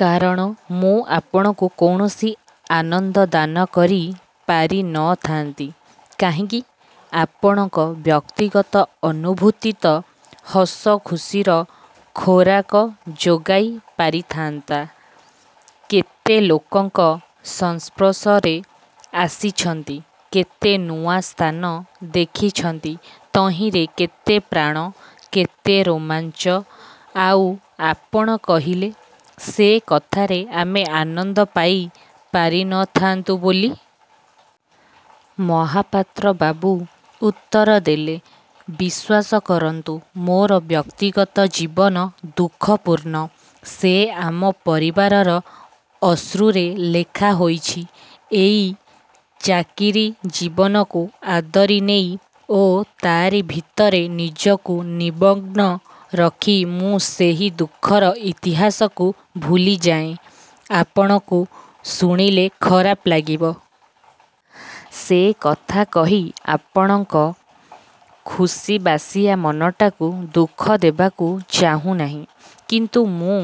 କାରଣ ମୁଁ ଆପଣଙ୍କୁ କୌଣସି ଆନନ୍ଦ ଦାନ କରି ପାରି ନ ଥାନ୍ତି। ' 'କାହିଁକି? ଆପଣଙ୍କ ବ୍ୟକ୍ତିଗତ ଅନୁଭୂତି ତ' ହସଖୁସିର ଖୋରାକ ଯୋଗାଇ ପାରିଥାନ୍ତା! କେତେ ଲୋକଙ୍କ ସଂସ୍ପର୍ଶରେ ଆସିଛନ୍ତି-କେତେ ନୂଆ ସ୍ଥାନ ଦେଖିଛନ୍ତି। ତହିଁରେ କେତେ ପ୍ରାଣ, କେତେ ରୋମାଞ୍ଚ। ଆଉ ଆପଣ କହିଲେ ସେ କଥାରେ ଆମେ ଆନନ୍ଦ ପାଇ ପାରି ନ ଥାନ୍ତୁ ବୋଲି? ' ମହାପାତ୍ରବାବୁ ଉତ୍ତର ଦେଲେ। ''ବିଶ୍ୱାସ କରନ୍ତୁ, ମୋର ବ୍ୟକ୍ତିଗତ ଜୀବନ ଦୁଃଖପୂର୍ଣ୍ଣ। ସେ ଆମ ପରିବାରର ଅଶ୍ରୁରେ ଲେଖା ହୋଇଛି। ଏଇ ଚାକିରି ଜୀବନକୁ ଆଦରି ନେଇ ଓ ତାରି ଭିତରେ ନିଜକୁ ନିମଗ୍ନ ରଖି ମୁଁ ସେହି ଦୁଃଖର ଇତିହାସକୁ ଭୁଲିଯାଏଁ। ଆପଣଙ୍କୁ ଶୁଣିଲେ ଖରାପ ଲାଗିବ। ସେ କଥା କହି ଆପଣଙ୍କ ଖୁସିବାସିଆ ମନଟାକୁ ଦୁଃଖ ଦେବାକୁ ଚାହୁଁ ନାହିଁ। କିନ୍ତୁ ମୁଁ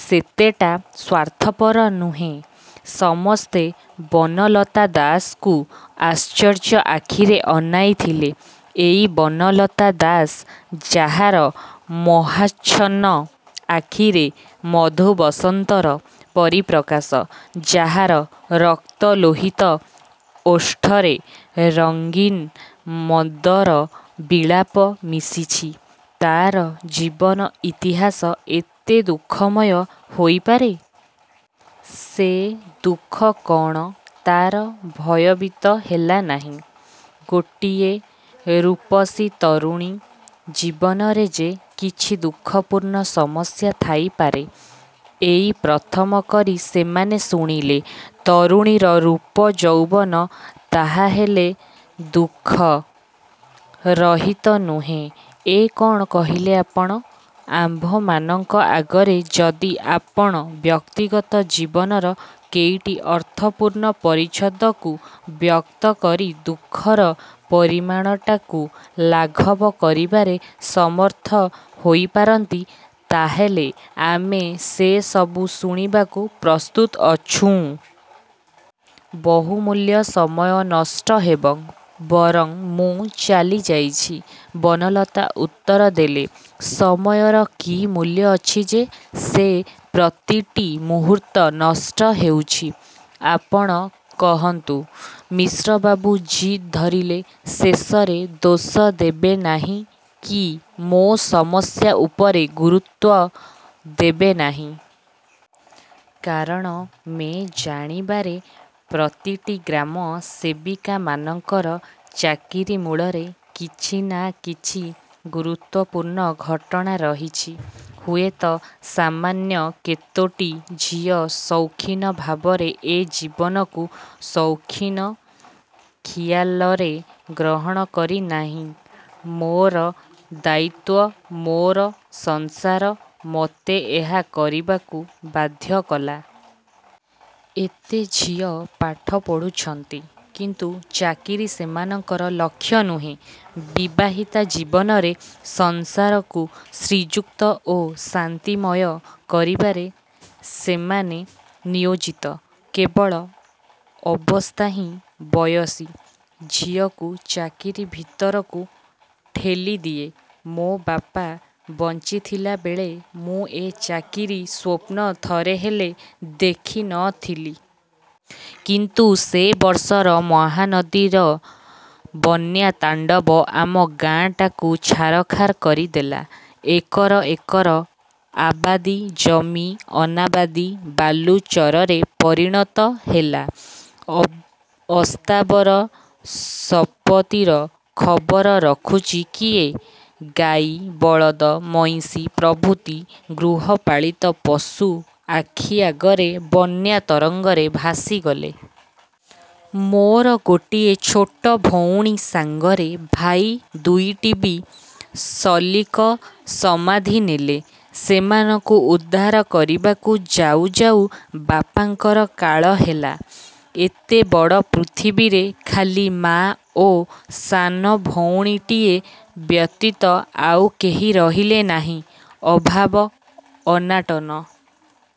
ସେତେଟା ସ୍ୱାର୍ଥପର ନୁହେ। '' ସମସ୍ତେ ବନଲତା ଦାସକୁ ଆଶ୍ଚର୍ଯ୍ୟ ଆଖିରେ ଅନାଇ ଥିଲେ। ଏଇ ବନଲତା ଦାସ, ଯାହାର ମୋହାଚ୍ଛନ୍ନ ଆଖିରେ ମଧୁବସନ୍ତର ପରିପ୍ରକାଶ, ଯାହାର ରକ୍ତ ଲୋହିତ ଓଷ୍ଠରେ ରଙ୍ଗୀନ ମଦର ବିଳାପ ମିଶିଛି, ତାର ଜୀବନ ଇତିହାସ ଏତେ ଦୁଃଖମୟ ହୋଇପାରେ? ସେ ଦୁଃଖ କଣ ତାର ଭୟଭୀତ ହେଲାନାହିଁ? ଗୋଟିଏ ରୂପସୀ ତରୁଣୀ ଜୀବନରେ ଯେ କିଛି ଦୁଃଖପୂର୍ଣ୍ଣ ସମସ୍ୟା ଥାଇପାରେ, ଏଇ ପ୍ରଥମ କରି ସେମାନେ ଶୁଣିଲେ। ତରୁଣୀର ରୂପ ଯୌବନ ତାହାହେଲେ ଦୁଃଖ-ରହିତ ନୁହେ? 'ଏ କଣ କହିଲେ ଆପଣ? ଆମ୍ଭମାନଙ୍କ ଆଗରେ ଯଦି ଆପଣ ବ୍ୟକ୍ତିଗତ ଜୀବନର କେଇଟି ଅର୍ଥପୂର୍ଣ୍ଣ ପରିଚ୍ଛଦକୁ ବ୍ୟକ୍ତ କରି ଦୁଃଖର ପରିମାଣଟାକୁ ଲାଘବ କରିବାରେ ସମର୍ଥ ହୋଇ ପାରନ୍ତି, ତାହାହେଲେ ଆମେ ସେ ସବୁ ଶୁଣିବାକୁ ପ୍ରସ୍ତୁତ ଅଛୁଁ। 'ବହୁମୂଲ୍ୟ ସମୟ ନଷ୍ଟ ହେବ, ବରଂ ମୁଁ ଚାଲିଯାଇଛି। ' ବନଲତା ଉତ୍ତର ଦେଲେ। 'ସମୟର କି ମୂଲ୍ୟ ଅଛି ଯେ? ସେ ପ୍ରତିଟି ମୁହୂର୍ତ୍ତ ନଷ୍ଟ ହେଉଛି। ଆପଣ କହନ୍ତୁ। ' ମିଶ୍ରବାବୁ ଜିଦ୍ ଧରିଲେ। 'ଶେଷରେ ଦୋଷ ଦେବେନାହିଁ କି ମୋ ସମସ୍ୟା ଉପରେ ଗୁରୁତ୍ୱ ଦେବେନାହିଁ। କାରଣ ମେ' ଜାଣିବାରେ ପ୍ରତିଟି ଗ୍ରାମ ସେବିକାମାନଙ୍କର ଚାକିରି ମୂଳରେ କିଛିନାଁ କିଛି ଗୁରୁତ୍ୱପୂର୍ଣ୍ଣ ଘଟଣା ରହିଛି। ହୁଏତ ସାମାନ୍ୟ କେତୋଟି ଝିଅ ସୌଖିନ ଭାବରେ ଏ ଜୀବନକୁ ସୌଖିନ-ଖିଆଲରେ ଗ୍ରହଣ କରିନାହିଁ। ମୋର ଦାୟିତ୍ୱ, ମୋର ସଂସାର ମୋତେ ଏହା କରିବାକୁ ବାଧ୍ୟ କଲା। ଏତେ ଝିଅ ପାଠ ପଢ଼ୁଛନ୍ତି। କିନ୍ତୁ ଚାକିରି ସେମାନଙ୍କର ଲକ୍ଷ ନୁହେଁ। ବିବାହିତା ଜୀବନରେ ସଂସାରକୁ ଶ୍ରୀଯୁକ୍ତ ଓ ଶାନ୍ତିମୟ କରିବାରେ ସେମାନେ ନିୟୋଜିତା। କେବଳ ଅବସ୍ଥାହିଁ ବୟସୀ ଝିଅକୁ ଚାକିରି ଭିତରକୁ ଠେଲିଦିଏ। ମୋ ବାପା ବଞ୍ଚିଥିଲାବେଳେ ମୁଁ ଏ ଚାକିରି ସ୍ୱପ୍ନ ଥରେ ହେଲେ ଦେଖି ନଥିଲି। କିନ୍ତୁ ସେ ବର୍ଷର ମହାନଦୀର ବନ୍ୟା ତାଣ୍ଡବ ଆମ ଗାଁଟାକୁ ଛାରଖାର କରିଦେଲା। ଏକର ଏକର, ଆବାଦୀ-ଜମି, ଅନାବାଦୀ ବାଲୁଚରରେ ପରିଣତ ହେଲା-। ଅସ୍ଥାବର ସଂପତ୍ତିର ଖବର ରଖୁଛି କିଏ? ଗାଈ, ବଳଦ, ମଇଁଷି ପ୍ରଭୃତି ଗୃହପାଳିତ ପଶୁ ଆଖି ଆଗରେ ବନ୍ୟା ତରଙ୍ଗରେ ଭାସିଗଲେ। ମୋର ଗୋଟିଏ ଛୋଟ ଭଉଣୀ ସାଙ୍ଗରେ ଭାଇ ଦୁଇଟି ବି ସଲିଳ ସମାଧି ନେଲେ। ସେମାନଙ୍କୁ ଉଦ୍ଧାର କରିବାକୁ ଯାଉ ଯାଉ ବାପାଙ୍କର କାଳ ହେଲା-। ଏତେବଡ଼ ପୃଥିବୀରେ ଖାଲି ମାଆ ଓ ସାନଭଉଣୀଟିଏ ବ୍ୟତୀତ ଆଉ କେହି ରହିଲେ ନାହିଁ-। ଅଭାବ ଅନାଟନ